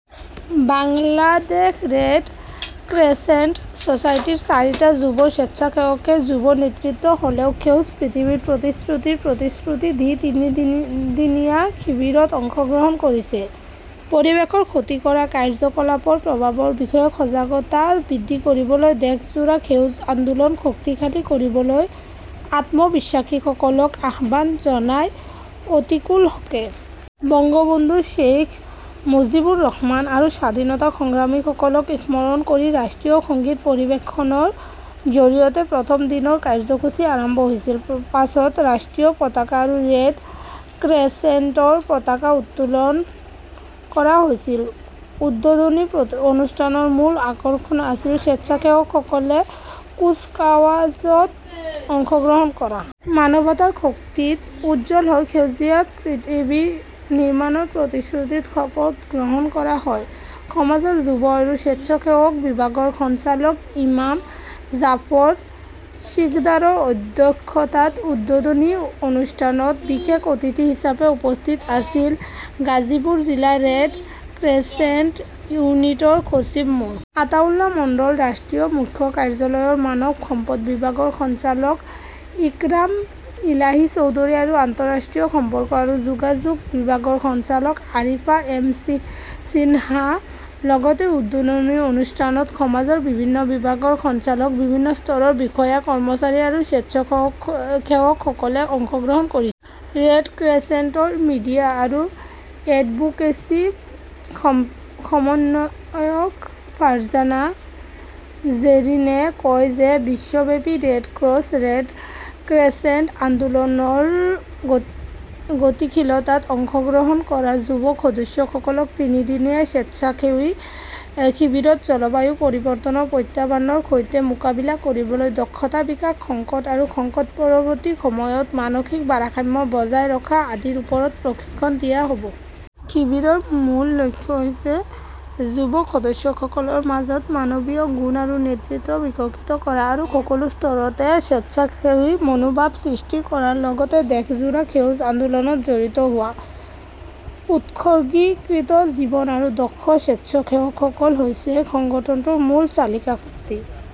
Bangladesh red crescent ছ'চাইটিৰ চাৰিটা যুৱ স্বেচ্ছাসেৱকে "যুৱ নেতৃত্ব হ'লেও সেউজ পৃথিৱীৰ প্ৰতিশ্ৰুতি"ৰ প্ৰতিশ্ৰুতি দি তিনিদিনীয়া শিবিৰত অংশগ্ৰহণ কৰিছে। পৰিৱেশৰ ক্ষতি কৰা কাৰ্যকলাপৰ প্ৰভাৱৰ বিষয়ে সজাগতা বৃদ্ধি কৰিবলৈ দেশজোৰা সেউজ আন্দোলন শক্তিশালী কৰিবলৈ আত্মবিশ্বাসীসকলক আহ্বান জনায় অতীকুল হ'কে । বংগবন্ধু শ্বেইখ মুজিবুৰ ৰহমান আৰু স্বাধীনতা সংগ্ৰামীসকলক স্মৰণ কৰি ৰাষ্ট্ৰীয় সংগীত পৰিৱেশনৰ জৰিয়তে প্ৰথম দিনৰ কাৰ্যসূচী আৰম্ভ হৈছিল। পাছত ৰাষ্ট্ৰীয় পতাকা আৰু ৰেড ক্ৰেচেণ্টৰ পতাকা উত্তোলন কৰা হৈছিল। উদ্বোধনী অনুষ্ঠানৰ মূল আকৰ্ষণ আছিল স্বেচ্ছাসেৱকসকলে কুচকাৱাজত অংশগ্ৰহণ কৰা। মানৱতাৰ শক্তিত উজ্জ্বল হৈ সেউজীয়া পৃথিৱী নিৰ্মাণৰ প্ৰতিশ্ৰুতিত শপত গ্ৰহণ কৰা হয়। সমাজৰ যুৱ আৰু স্বেচ্ছাসেৱক বিভাগৰ সঞ্চালক ইমাম জাফৰ সিকদাৰৰ অধ্যক্ষতাত উদ্বোধনী অনুষ্ঠানত বিশেষ অতিথি হিচাপে উপস্থিত আছিল গাজীপুৰ জিলা ৰেড ক্ৰেচেণ্ট ইউনিটৰ সচিব মো. আতাউল্লা মণ্ডল, ৰাষ্ট্ৰীয় মুখ্য কাৰ্যালয়ৰ মানৱ সম্পদ বিভাগৰ সঞ্চালক ইক্ৰাম ইলাহি চৌধুৰী আৰু আন্তঃৰাষ্ট্ৰীয় সম্পৰ্ক আৰু যোগাযোগ বিভাগৰ সঞ্চালক আৰিফা এম সিনহা। লগতে উদ্বোধনী অনুষ্ঠানত সমাজৰ বিভিন্ন বিভাগৰ সঞ্চালক, বিভিন্ন স্তৰৰ বিষয়া-কৰ্মচাৰী আৰু স্বেচ্ছাসেৱকসকলে অংশগ্ৰহণ কৰিছিল। ৰেড ক্ৰেচেণ্টৰ মিডিয়া আৰু এডভোকেচি সমন্বয়ক ফাৰ্জানা জেৰিনে কয় যে বিশ্বব্যাপী ৰেড ক্ৰছ ৰেড ক্ৰেচেণ্ট আন্দোলনৰ গতিশীলতাত অংশগ্ৰহণ কৰা যুৱ সদস্যসকলক তিনিদিনীয়া স্বেচ্ছাসেৱী শিবিৰত জলবায়ু পৰিৱৰ্তনৰ প্ৰত্যাহ্বানৰ সৈতে মোকাবিলা কৰিবলৈ দক্ষতা বিকাশ, সংকট আৰু সংকট-পৰৱৰ্তী সময়ত মানসিক ভাৰসাম্য বজাই ৰখা আদিৰ ওপৰত প্ৰশিক্ষণ দিয়া হ'ব । শিবিৰৰ মূল লক্ষ্য হৈছে যুৱ সদস্যসকলৰ মাজত মানৱীয় গুণ আৰু নেতৃত্ব বিকশিত কৰা আৰু সকলো স্তৰতে স্বেচ্ছাসেৱী মনোভাৱ সৃষ্টি কৰাৰ লগতে দেশজোৰা সেউজ আন্দোলনত জড়িত হোৱা। উৎসৰ্গীকৃত জীৱন আৰু দক্ষ স্বেচ্ছাসেৱকসকল হৈছে সংগঠনটোৰ মূল চালিকা শক্তি।